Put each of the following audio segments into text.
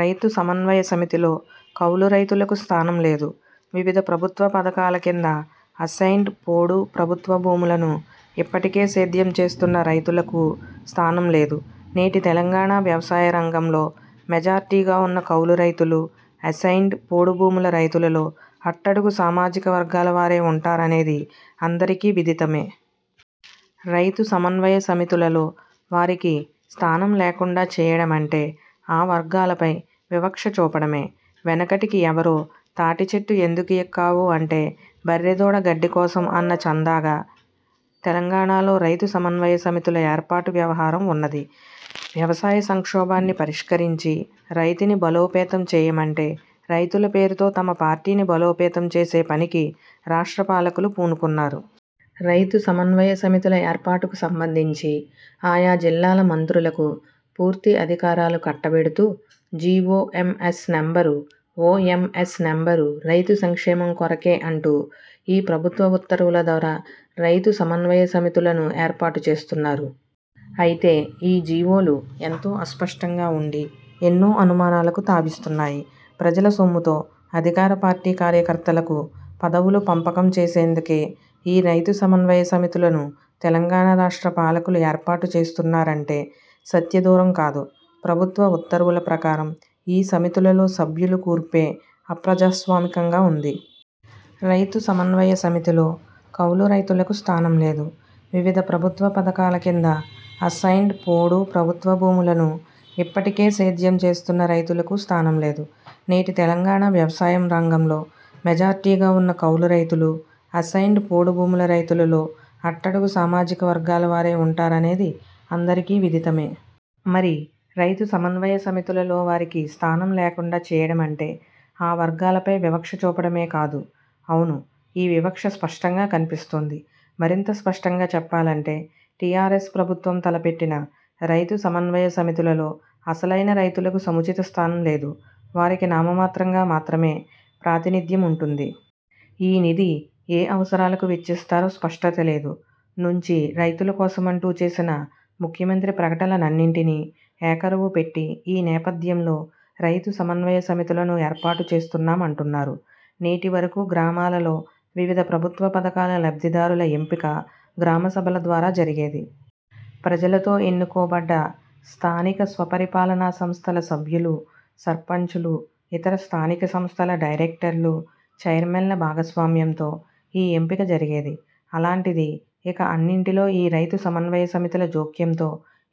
రైతు సమన్వయ సమితిలో కౌలు రైతులకు స్థానం లేదు. వివిధ ప్రభుత్వ పథకాల కింద అసైన్డ్, పోడు, ప్రభుత్వ భూములను ఇప్పటికే సేద్యం చేస్తున్న రైతులకూ స్థానం లేదు. నేటి తెలంగాణ వ్యవసాయం రంగంలో మెజార్టీగా ఉన్న కౌలు రైతులు, అసైన్డ్, పోడు భూముల రైతులలో అట్టడుగు సామాజిక వర్గాల వారే ఉంటారనేది అందరికీ విదితమే. రైతు సమన్వయ సమితులలో వారికి స్థానం లేకుండా చేయడమంటే ఆ వర్గాలపై వివక్ష చూపడమే. వెనకటికి ఎవరో తాటి చెట్టు ఎందుకు ఎక్కావు అంటే బర్రె దూడ గడ్డి కోసం అన్న చందంగా తెలంగాణలో రైతు సమన్వయ సమితుల ఏర్పాటు వ్యవహారం వున్నది. వ్యవసాయ సంక్షోభాన్ని పరిష్కరించి రైతును బలోపేతం చేయమంటే రైతుల పేరుతో తమ పార్టీని బలోపేతం చేసే పనికి రాష్ట్ర పాలకులు పూనుకున్నారు. రైతు సమన్వయ సమితుల ఏర్పాటుకు సంబంధించి ఆయా జిల్లాల మంత్రులకు పూర్తి అధికారాలు కట్టబెడుతూ G. O. M. S. Number. O. M. S. Number రైతు సంక్షేమం కొరకే అంటూ ఈ ప్రభుత్వ ఉత్తర్వుల ద్వారా రైతు సమన్వయ సమితులను ఏర్పాటు చేస్తున్నారు. అయితే ఈ జి. ఓ. లు ఎంతో అస్పష్టంగా వుండి ఎన్నో అనుమానాలకు తావిస్తున్నాయి. ప్రజల సొమ్ముతో అధికార పార్టీ కార్యకర్తలకు పదవులు పంపకం చేసేందుకే ఈ రైతు సమన్వయ సమితులను తెలంగాణ రాష్ట్ర పాలకులు ఏర్పాటు చేస్తున్నారంటే సత్య దూరం కాదు. ప్రభుత్వ ఉత్తర్వుల ప్రకారం ఈ సమితులలో సభ్యుల కూర్పే అప్రజాస్వామికంగా ఉంది. రైతు సమన్వయ సమితిలో కౌలు రైతులకు స్థానం లేదు. వివిధ ప్రభుత్వ పథకాల కింద అసైన్డ్, పోడు, ప్రభుత్వ భూములను ఇప్పటికే సేద్యం చేస్తున్న రైతులకూ స్థానం లేదు. నేటి తెలంగాణ వ్యవసాయం రంగంలో మెజార్టీగా ఉన్న కౌలు రైతులు, అసైన్డ్, పోడు భూముల రైతులలో అట్టడుగు సామాజిక వర్గాల వారే ఉంటారనేది అందరికీ విదితమే. మరి రైతు సమన్వయ సమితులలో వారికి స్థానం లేకుండా చేయడమంటే ఆ వర్గాలపై వివక్ష చూపడమే కాదూ. అవును, ఈ వివక్ష స్పష్టంగా కన్పిస్తోంది. మరింత స్పష్టంగా చెప్పాలంటే టీఆర్ఎస్ ప్రభుత్వం తలపెట్టిన రైతు సమన్వయ సమితులలో అసలైన రైతులకు సముచిత స్థానం లేదు. వారికి నామమాత్రంగా మాత్రమే ప్రాతినిధ్యముంటుంది. ఈ నిధి ఏ అవసరాలకు వెచ్చిస్తారో స్పష్టత లేదు, నుంచి రైతుల కోసమంటూ చేసిన ముఖ్యమంత్రి ప్రకటనలన్నింటినీ ఏకరవు పెట్టి ఈ నేపథ్యంలో రైతు సమన్వయ సమితులను ఏర్పాటు చేస్తున్నామంటున్నారు. నేటి వరకు గ్రామాలలో వివిధ ప్రభుత్వ పథకాల లబ్ధిదారుల ఎంపిక గ్రామసభల ద్వారా జరిగేది. ప్రజలతో ఎన్నుకోబడ్డ స్థానిక స్వపరిపాలనా సంస్థల సభ్యులు, సర్పంచ్లు, ఇతర స్థానిక సంస్థల డైరెక్టర్లు, చైర్మన్ల భాగస్వామ్యంతో ఈ ఎంపిక జరిగేది. అలాంటిది ఇక అన్నింటిలో ఈ రైతు సమన్వయ సమితుల జోక్యంతో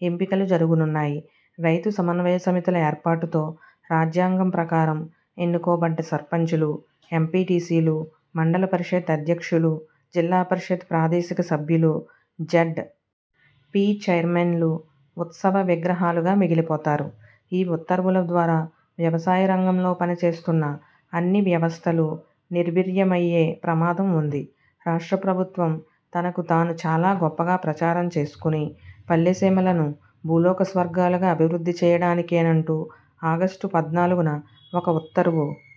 ఎంపికలు జరుగనున్నాయి. రైతు సమన్వయ సమితుల ఏర్పాటుతో రాజ్యాంగం ప్రకారం ఎన్నుకోబడ్డ సర్పంచులు, ఎంపీటీసీలు, మండల పరిషత్ అధ్యక్షులు, జిల్లా పరిషత్ ప్రాదేశిక సభ్యులు, జడ్. పి. చైర్మన్లు ఉత్సవ విగ్రహాలుగా మిగిలిపోతారు. ఈ ఉత్తర్వుల ద్వారా వ్యవసాయ రంగంలో పనిచేస్తున్న అన్ని వ్యవస్థలు నిర్వీర్యమయ్యే ప్రమాదం ఉంది. రాష్ట్ర ప్రభుత్వం తనకు తాను చాలా గొప్పగా ప్రచారం చేసుకుని, పల్లె సీమలను భూలోక స్వర్గాలుగా అభివృద్ధి చేయడానికేనంటూ ఆగస్టు పద్నాలుగున ఒక ఉత్తర్వు